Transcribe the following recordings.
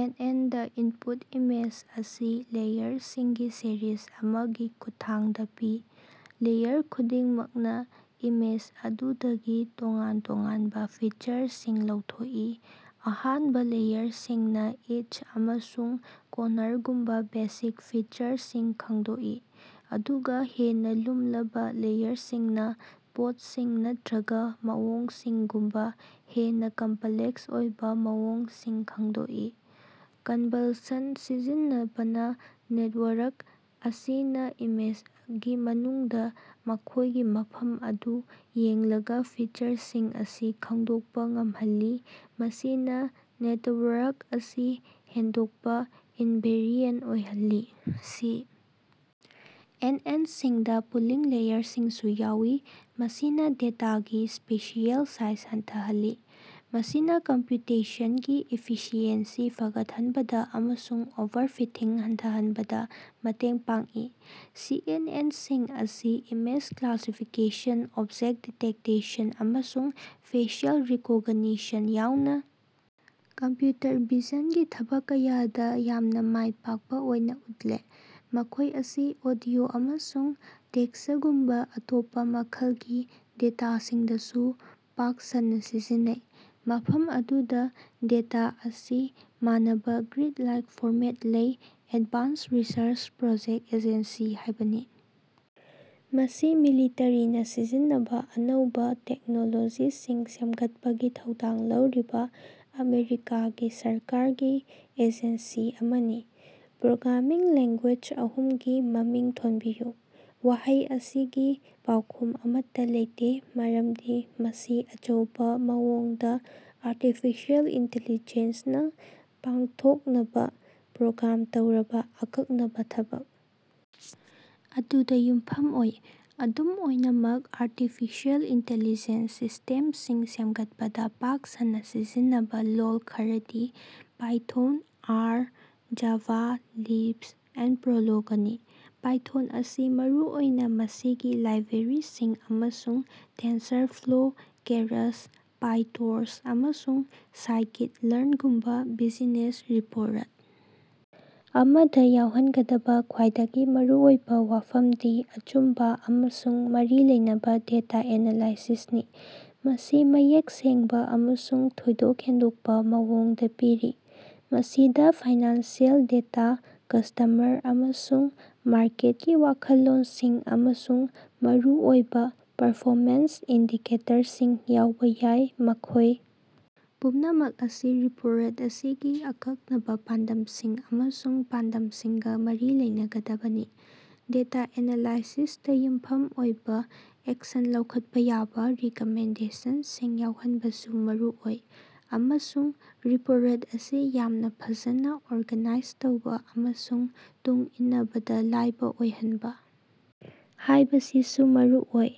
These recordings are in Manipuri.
ꯑꯦꯟ. ꯑꯦꯟ. ꯗꯥ, ꯏꯟꯄꯨꯠ ꯏꯃꯦꯖ ꯑꯁꯤ ꯂꯦꯌꯔꯁꯤꯡꯒꯤ ꯁꯦꯔꯤꯖ ꯑꯃꯒꯤ ꯈꯨꯠꯊꯥꯡꯗ ꯄꯤ, ꯂꯦꯌꯔ ꯈꯨꯗꯤꯡꯃꯛꯅ ꯏꯃꯦꯖ ꯑꯗꯨꯗꯒꯤ ꯇꯣꯉꯥꯟ ꯇꯣꯉꯥꯟꯕ ꯐꯤꯆꯔꯁꯤꯡ ꯂꯧꯊꯣꯛꯏ꯫ ꯑꯍꯥꯟꯕ ꯂꯦꯌꯔꯁꯤꯡꯅ ꯑꯦꯖ ꯑꯃꯁꯨꯡ ꯀꯣꯔꯅꯔꯒꯨꯝꯕ ꯕꯦꯁꯤꯛ ꯐꯤꯆꯔꯁꯤꯡ ꯈꯪꯗꯣꯛꯏ, ꯑꯗꯨꯒ ꯍꯦꯟꯅ ꯂꯨꯝꯂꯕ ꯂꯦꯌꯔꯁꯤꯡꯅ ꯄꯣꯠꯁꯤꯡ ꯅꯠꯇꯔꯒꯥ ꯃꯑꯣꯡꯁꯤꯡꯒꯨꯝꯕ ꯍꯦꯟꯅ ꯀꯝꯄꯂꯦꯛꯁ ꯑꯣꯏꯕ ꯃꯑꯣꯡꯁꯤꯡ ꯈꯪꯗꯣꯛꯏ꯫ ꯀꯟꯚꯜꯁꯟ ꯁꯤꯖꯤꯟꯅꯕꯅ ꯅꯦꯇꯋꯥꯔꯛ ꯑꯁꯤꯅ ꯏꯃꯦꯖꯒꯤ ꯃꯅꯨꯡꯗ ꯃꯈꯣꯏꯒꯤ ꯃꯐꯝ ꯑꯗꯨ ꯌꯦꯡꯂꯒ ꯐꯤꯆꯔꯁꯤꯡ ꯑꯁꯤ ꯈꯪꯗꯣꯛꯄ ꯉꯝꯍꯜꯂꯤ, ꯃꯁꯤꯅ ꯅꯦꯇꯋꯥꯔꯛ ꯑꯁꯤ ꯍꯟꯗꯣꯛꯄ-ꯏꯟꯚꯦꯔꯤꯑꯦꯟ ꯑꯣꯏꯍꯜꯂꯤ꯫ ꯁꯤ. ꯑꯦꯟ. ꯑꯦꯟ. ꯁꯤꯡꯗ ꯄꯨꯂꯤꯡ ꯂꯦꯌꯔꯁꯤꯡꯁꯨ ꯌꯥꯎꯏ, ꯃꯁꯤꯅ ꯗꯦꯇꯥꯒꯤ ꯁ꯭ꯄꯦꯁꯤꯑꯦꯜ ꯁꯥꯏꯖ ꯍꯟꯊꯍꯜꯂꯤ, ꯃꯁꯤꯅ ꯀꯝꯄꯌꯨꯇꯦꯁꯟꯒꯤ ꯏꯐꯤꯁꯤꯑꯦꯟꯁꯤ ꯐꯒꯠꯍꯟꯕꯗ ꯑꯃꯁꯨꯡ ꯑꯣꯚꯔꯐꯤꯇꯤꯡ ꯍꯟꯊꯍꯟꯕꯗ ꯃꯇꯦꯡ ꯄꯥꯡꯏ꯫ ꯁꯤ. ꯑꯦꯟ. ꯑꯦꯟ. ꯁꯤꯡ ꯑꯁꯤ ꯏꯃꯦꯖ ꯀ꯭ꯂꯥꯁꯤꯐꯤꯀꯦꯁꯟ, ꯑꯣꯕꯖꯦꯛ ꯗꯤꯇꯦꯛꯇꯦꯁꯟ, ꯑꯃꯁꯨꯡ ꯐꯦꯁꯤꯑꯦꯜ ꯔꯤꯀꯣꯒꯅꯤꯁꯟ ꯌꯥꯎꯅ ꯀꯝꯄꯌꯨꯇꯔ ꯚꯤꯖꯟꯒꯤ ꯊꯕꯛ ꯀꯌꯥꯗ ꯌꯥꯝꯅ ꯃꯥꯏ ꯄꯥꯛꯄ ꯑꯣꯏꯅ ꯎꯠꯂꯦ꯫ ꯃꯈꯣꯏ ꯑꯁꯤ ꯑꯣꯗꯤꯑꯣ ꯑꯃꯁꯨꯡ ꯇꯦꯛꯁꯒꯨꯝꯕ ꯑꯇꯣꯞꯄ ꯃꯈꯜꯒꯤ ꯗꯦꯇꯥꯁꯤꯡꯗꯁꯨ ꯄꯥꯛ ꯁꯟꯅ ꯁꯤꯖꯤꯟꯅꯩ, ꯃꯐꯝ ꯑꯗꯨꯗ ꯗꯦꯇꯥ ꯑꯁꯤ ꯃꯥꯟꯅꯕꯥ ꯒ꯭ꯔꯤꯗ-ꯂꯥꯏꯛ ꯐꯣꯔꯃꯦꯠ ꯂꯩ꯫ ꯑꯦꯗꯚꯥꯟꯁ ꯔꯤꯁꯔꯆ ꯄ꯭ꯔꯣꯖꯦꯛ ꯑꯦꯖꯦꯟꯁꯤ ꯍꯥꯏꯕꯅꯤ꯫ ꯃꯁꯤ ꯃꯤꯂꯤꯇꯔꯤꯅ ꯁꯤꯖꯤꯟꯅꯕꯥ ꯑꯅꯧꯕ ꯇꯦꯛꯅꯣꯂꯣꯖꯤꯁꯤꯡ ꯁꯦꯝꯒꯠꯄꯒꯤ ꯊꯧꯗꯥꯡ ꯂꯧꯔꯤꯕ ꯑꯃꯦꯔꯤꯀꯥꯒꯤ ꯁꯔꯀꯥꯔꯒꯤ ꯑꯦꯖꯦꯟꯁꯤ ꯑꯃꯅꯤ꯫ ꯄ꯭ꯔꯣꯒ꯭ꯔꯥꯃꯤꯡ ꯂꯦꯡꯒꯨꯌꯦꯖ ꯑꯍꯨꯝꯒꯤ ꯃꯃꯤꯡ ꯊꯣꯟꯕꯤꯌꯨ꯫ ꯋꯥꯍꯩ ꯑꯁꯤꯒꯤ ꯄꯥꯎꯈꯨꯝ ꯑꯃꯠꯇꯥ ꯂꯩꯇꯦ ꯃꯔꯝꯗꯤ ꯃꯁꯤ ꯑꯆꯧꯕ ꯃꯑꯣꯡꯗ ꯑꯥꯔꯇꯤꯐꯤꯁꯤꯑꯦꯜ ꯏꯟꯇꯤꯂꯤꯖ‌ꯦꯟꯁꯅ ꯄꯥꯡꯊꯣꯛꯅꯕ ꯄ꯭ꯔꯣꯒ꯭ꯔꯥꯝ ꯇꯧꯔꯕ ꯑꯀꯛꯅꯕ ꯊꯕꯛ ꯑꯗꯨꯗ ꯌꯨꯝꯐꯝ ꯑꯣꯏ꯫ ꯑꯗꯨꯝ ꯑꯣꯏꯅꯃꯛ, ꯑꯥꯔꯇꯤꯐꯤꯁꯤꯑꯦꯜ ꯏꯟꯇꯤꯂꯤꯖ‌ꯦꯟꯁ ꯁꯤꯁ꯭ꯇꯦꯝꯁꯤꯡ ꯁꯦꯝꯒꯠꯄꯗ ꯄꯥꯛ ꯁꯟꯅ ꯁꯤꯖꯤꯟꯅꯕ ꯂꯣꯜ ꯈꯔꯗꯤ ꯄꯥꯏꯊꯣꯟ, ꯑꯥꯔ, ꯖꯥꯚꯥ, ꯂꯤꯞꯁ, ꯑꯦꯟ ꯄ꯭ꯔꯣꯂꯣꯒꯅꯤ꯫ ꯄꯥꯏꯊꯣꯟ ꯑꯁꯤ ꯃꯔꯨꯑꯣꯏꯅ ꯃꯁꯤꯒꯤ ꯂꯥꯏꯕꯦꯔꯤꯁꯤꯡ ꯑꯃꯁꯨꯡ ꯇꯦꯟꯁꯔꯐ꯭ꯂꯣ, ꯀꯦꯔꯥꯁ, ꯄꯥꯏꯇꯣꯔꯆ, ꯑꯃꯁꯨꯡ ꯁꯥꯏꯀꯤꯠ-ꯂ꯭ꯔꯟꯒꯨꯝꯕ ꯕꯤꯖꯤꯅꯦꯁ ꯔꯤꯄꯣꯔꯠ ꯑꯃꯗ ꯌꯥꯎꯍꯟꯒꯗꯕ ꯈ꯭ꯋꯥꯏꯗꯒꯤ ꯃꯔꯨꯑꯣꯏꯕ ꯋꯥꯐꯝꯗꯤ ꯑꯆꯨꯝꯕ ꯑꯃꯁꯨꯡ ꯃꯔꯤ ꯂꯩꯅꯕ ꯗꯦꯇꯥ ꯑꯦꯅꯥꯂꯥꯏꯁꯤꯁꯅꯤ, ꯃꯁꯤ ꯃꯌꯦꯛ ꯁꯦꯡꯕ ꯑꯃꯁꯨꯡ ꯊꯣꯏꯗꯣꯛ ꯍꯦꯟꯗꯣꯛꯄ ꯃꯑꯣꯡꯗ ꯄꯤꯔꯤ꯫ ꯃꯁꯤꯗ ꯐꯥꯏꯅꯥꯟꯁꯤꯑꯦꯜ ꯗꯦꯇꯥ, ꯀꯁ꯭ꯇꯃꯔ ꯑꯃꯁꯨꯡ ꯃꯥꯔꯀꯦꯠꯀꯤ ꯋꯥꯈꯜꯂꯣꯟꯁꯤꯡ, ꯑꯃꯁꯨꯡ ꯃꯔꯨꯑꯣꯏꯕ ꯄꯔꯐꯣꯃꯦꯟꯁ ꯏꯟꯗꯤꯀꯦꯇꯔꯁꯤꯡ ꯌꯥꯎꯕ ꯌꯥꯏ, ꯃꯈꯣꯏ ꯄꯨꯝꯅꯃꯛ ꯑꯁꯤ ꯔꯤꯄꯣꯔꯠ ꯑꯁꯤꯒꯤ ꯑꯀꯛꯅꯕ ꯄꯥꯟꯗꯝꯁꯤꯡ ꯑꯃꯁꯨꯡ ꯄꯥꯟꯗꯝꯁꯤꯡꯒ ꯃꯔꯤ ꯂꯩꯅꯒꯗꯕꯅꯤ꯫ ꯗꯦꯇꯥ ꯑꯦꯅꯥꯂꯥꯏꯁꯤꯁꯇ ꯌꯨꯝꯐꯝ ꯑꯣꯏꯕ ꯑꯦꯛꯁꯟ ꯂꯧꯈꯠꯄ ꯌꯥꯕꯥ ꯔꯤꯀꯃꯦꯟꯗꯦꯁꯟꯁꯤꯡ ꯌꯥꯎꯍꯟꯕꯁꯨ ꯃꯔꯨ ꯑꯣꯏ, ꯑꯃꯁꯨꯡ ꯔꯤꯄꯣꯔꯠ ꯑꯁꯤ ꯌꯥꯝꯅ ꯐꯖꯅ ꯑꯣꯔꯒꯅꯥꯏꯖ ꯇꯧꯕ ꯑꯃꯁꯨꯡ ꯇꯨꯡ ꯏꯟꯅꯕꯗ ꯂꯥꯏꯕ ꯑꯣꯏꯍꯟꯕ ꯍꯥꯏꯕꯁꯤꯁꯨ ꯃꯔꯨꯑꯣꯏ꯫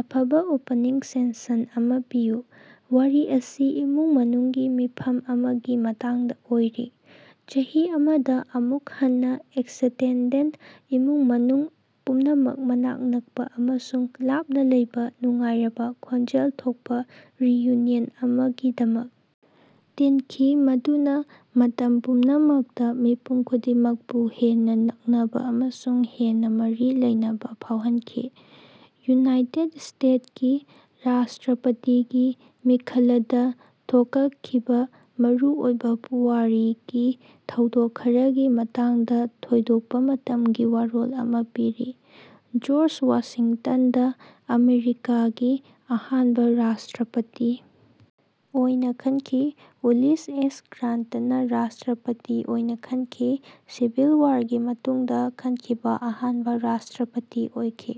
ꯑꯐꯕꯥ ꯑꯣꯄꯅꯤꯡ ꯁꯦꯟꯁꯟ ꯑꯃꯥ ꯄꯤꯌꯨ꯫ ꯋꯥꯔꯤ ꯑꯁꯤ ꯏꯃꯨꯡ ꯃꯅꯨꯡꯒꯤ ꯃꯤꯐꯝ ꯑꯃꯒꯤ ꯃꯇꯥꯡꯗ ꯑꯣꯏꯔꯤ꯫ ꯆꯍꯤ ꯑꯃꯗ ꯑꯃꯨꯛ ꯍꯟꯅ ꯑꯦꯛꯁꯇꯦꯟꯗꯦꯗ ꯏꯃꯨꯡ ꯃꯅꯨꯡ ꯄꯨꯝꯅꯃꯛ ꯃꯅꯥꯛ ꯅꯛꯄ ꯑꯃꯁꯨꯡ ꯂꯥꯞꯅ ꯂꯩꯕ ꯅꯨꯡꯉꯥꯏꯔꯕ, ꯈꯣꯟꯖꯦꯜ ꯊꯣꯛꯄꯥ ꯔꯤꯌꯨꯅꯤꯌꯟ ꯑꯃꯒꯤꯗꯃꯛ ꯇꯤꯟꯈꯤ ꯃꯗꯨꯅ ꯃꯇꯝ ꯄꯨꯝꯅꯃꯛꯇ ꯃꯤꯄꯨꯝ ꯈꯨꯗꯤꯡꯃꯛꯄꯨ ꯍꯦꯟꯅ ꯅꯛꯅꯕ ꯑꯃꯁꯨꯡ ꯍꯦꯟꯅ ꯃꯔꯤ ꯂꯩꯅꯕ ꯐꯥꯎꯍꯟꯈꯤ꯫ ꯌꯨꯅꯥꯏꯠꯇ‌ꯦꯠ ꯏꯁꯇ‌ꯦꯠꯀꯤ ꯔꯥꯁ꯭ꯇꯔꯄꯇꯤꯒꯤ ꯃꯤꯈꯂꯗꯥ ꯊꯣꯀꯈꯤꯕꯥ ꯃꯔꯨꯑꯣꯏꯕꯥ ꯄꯨꯋꯥꯔꯤꯒꯤ ꯊꯧꯗꯣꯛ ꯈꯔꯒꯤ ꯃꯇꯥꯡꯗ ꯊꯣꯏꯗꯣꯛꯄꯥ ꯃꯇꯝꯒꯤ ꯋꯥꯔꯣꯜ ꯑꯃ ꯄꯤꯔꯤ, ꯖ‌ꯣꯔꯖ ꯋꯥꯁꯤꯡꯇꯟꯗ ꯑꯃꯦꯔꯤꯀꯥꯒꯤ ꯑꯍꯥꯟꯕ ꯔꯥꯁ꯭ꯇꯔꯄꯇꯤ ꯑꯣꯏꯅ ꯈꯟꯈꯤ꯫ ꯎꯂꯤꯁ ꯑꯦꯁ ꯒ꯭ꯔꯥꯟꯇꯅꯥ ꯔꯥꯁ꯭ꯇꯔꯄꯇꯤ ꯑꯣꯏꯅ ꯈꯟꯈꯤ, ꯁꯤꯚꯤꯜ ꯋꯥꯔꯒꯤ ꯃꯇꯨꯡꯗꯥ ꯈꯟꯈꯤꯕ ꯑꯍꯥꯟꯕ ꯔꯥꯁ꯭ꯇꯔꯄꯇꯤ ꯑꯣꯏꯈꯤ꯫